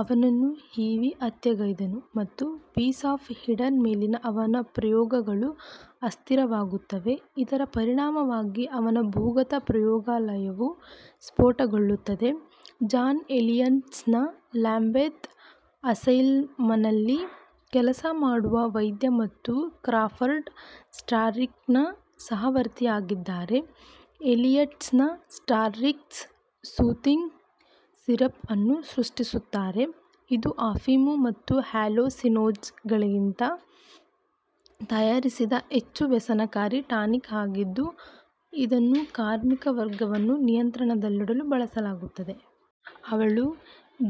ಅವನನ್ನು ಈವಿ ಹತ್ಯೆಗೈದನು, ಮತ್ತು ಪೀಸ್ ಆಫ್ ಈಡನ್ ಮೇಲಿನ ಅವನ ಪ್ರಯೋಗಗಳು ಅಸ್ಥಿರವಾಗುತ್ತವೆ, ಇದರ ಪರಿಣಾಮವಾಗಿ ಅವನ ಭೂಗತ ಪ್ರಯೋಗಾಲಯವು ಸ್ಫೋಟಗೊಳ್ಳುತ್ತದೆ. ಜಾನ್ ಎಲಿಯಟ್ಸನ್ ಲ್ಯಾಂಬೆತ್ ಅಸೈಲಮ್ನಲ್ಲಿ ಕೆಲಸ ಮಾಡುವ ವೈದ್ಯ ಮತ್ತು ಕ್ರಾಫರ್ಡ್ ಸ್ಟಾರ್ರಿಕ್ನ ಸಹವರ್ತಿಯಾಗಿದ್ದಾರೆ. ಎಲಿಯಟ್ಸನ್ "ಸ್ಟಾರ್ರಿಕ್ಸ್ ಸೂಥಿಂಗ್ ಸಿರಪ್" ಅನ್ನು ಸೃಷ್ಟಿಸುತ್ತಾರೆ, ಇದು ಅಫೀಮು ಮತ್ತು ಹ್ಯಾಲುಸಿನೋಜೆನ್ಗಳಿಂದ ತಯಾರಿಸಿದ ಹೆಚ್ಚು-ವ್ಯಸನಕಾರಿ ಟಾನಿಕ್ ಆಗಿದ್ದು, ಇದನ್ನು ಕಾರ್ಮಿಕ ವರ್ಗವನ್ನು ನಿಯಂತ್ರಣದಲ್ಲಿಡಲು ಬಳಸಲಾಗುತ್ತದೆ. ಅವಳು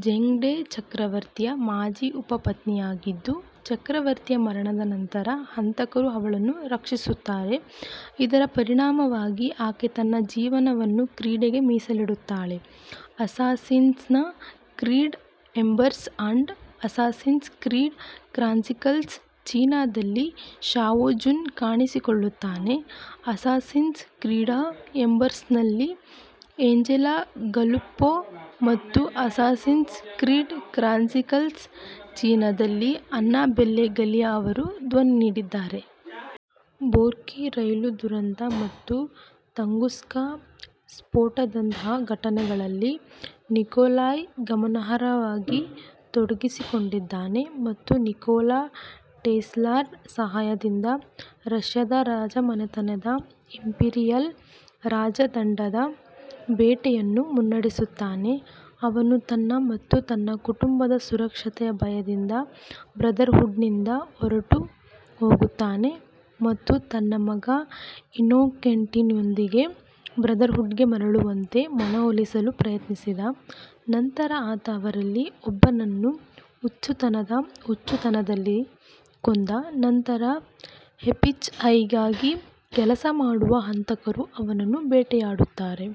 ಝೆಂಗ್ಡೆ ಚಕ್ರವರ್ತಿಯ ಮಾಜಿ ಉಪಪತ್ನಿಯಾಗಿದ್ದು, ಚಕ್ರವರ್ತಿಯ ಮರಣದ ನಂತರ ಹಂತಕರು ಅವಳನ್ನು ರಕ್ಷಿಸುತ್ತಾರೆ. ಇದರ ಪರಿಣಾಮವಾಗಿ, ಆಕೆ ತನ್ನ ಜೀವನವನ್ನು ಕ್ರೀಡ್ಗೆ ಮೀಸಲಿಡುತ್ತಾಳೆ. Assassin's Creed Embers and Assassin's Creed Chronicles ಚೀನಾದಲ್ಲಿ ಶಾವೊ ಜುನ್ ಕಾಣಿಸಿಕೊಳ್ಳುತ್ತಾನೆ. ಅಸ್ಸಾಸಿನ್ಸ್ ಕ್ರೀಡ್ಃ ಎಂಬರ್ಸ್ನಲ್ಲಿ ಏಂಜೆಲಾ ಗಲುಪ್ಪೋ ಮತ್ತು ಅಸ್ಸಾಸಿನ್ಸ್ ಕ್ರೀಡ್ ಕ್ರಾನಿಕಲ್ಸ್ಃ ಚೀನಾದಲ್ಲಿ ಅನ್ನಾಬೆಲ್ಲೆ ಗಲಿಯಾ ಅವರು ಧ್ವನಿ ನೀಡಿದ್ದಾರೆ. ಬೊರ್ಕಿ ರೈಲು ದುರಂತ ಮತ್ತು ತುಂಗುಸ್ಕಾ ಸ್ಫೋಟದಂತಹ ಘಟನೆಗಳಲ್ಲಿ ನಿಕೊಲಾಯ್ ಗಮನಾರ್ಹವಾಗಿ ತೊಡಗಿಸಿಕೊಂಡಿದ್ದಾನೆ ಮತ್ತು ನಿಕೋಲಾ ಟೆಸ್ಲಾರ ಸಹಾಯದಿಂದ ರಷ್ಯಾದ ರಾಜಮನೆತನದ ಇಂಪೀರಿಯಲ್ ರಾಜದಂಡದ ಬೇಟೆಯನ್ನು ಮುನ್ನಡೆಸುತ್ತಾನೆ. ಅವನು ತನ್ನ ಮತ್ತು ತನ್ನ ಕುಟುಂಬದ ಸುರಕ್ಷತೆಯ ಭಯದಿಂದ ಬ್ರದರ್ಹುಡ್ನಿಂದ ಹೊರಟು ಹೋಗುತ್ತಾನೆ ಮತ್ತು ತನ್ನ ಮಗ ಇನ್ನೊಕೆಂಟಿಯೊಂದಿಗೆ ಬ್ರದರ್ಹುಡ್ಗೆ ಮರಳುವಂತೆ ಮನವೊಲಿಸಲು ಪ್ರಯತ್ನಿಸಿದ ನಂತರ ಆತ ಅವರಲ್ಲಿ ಒಬ್ಬನನ್ನು ಹುಚ್ಚುತನದ ಹುಚ್ಚುತನದಲ್ಲಿ ಕೊಂದ ನಂತರ ಎಫ್ಬಿಐಗಾಗಿ ಕೆಲಸ ಮಾಡುವ ಹಂತಕರು ಅವನನ್ನು ಬೇಟೆಯಾಡುತ್ತಾರೆ.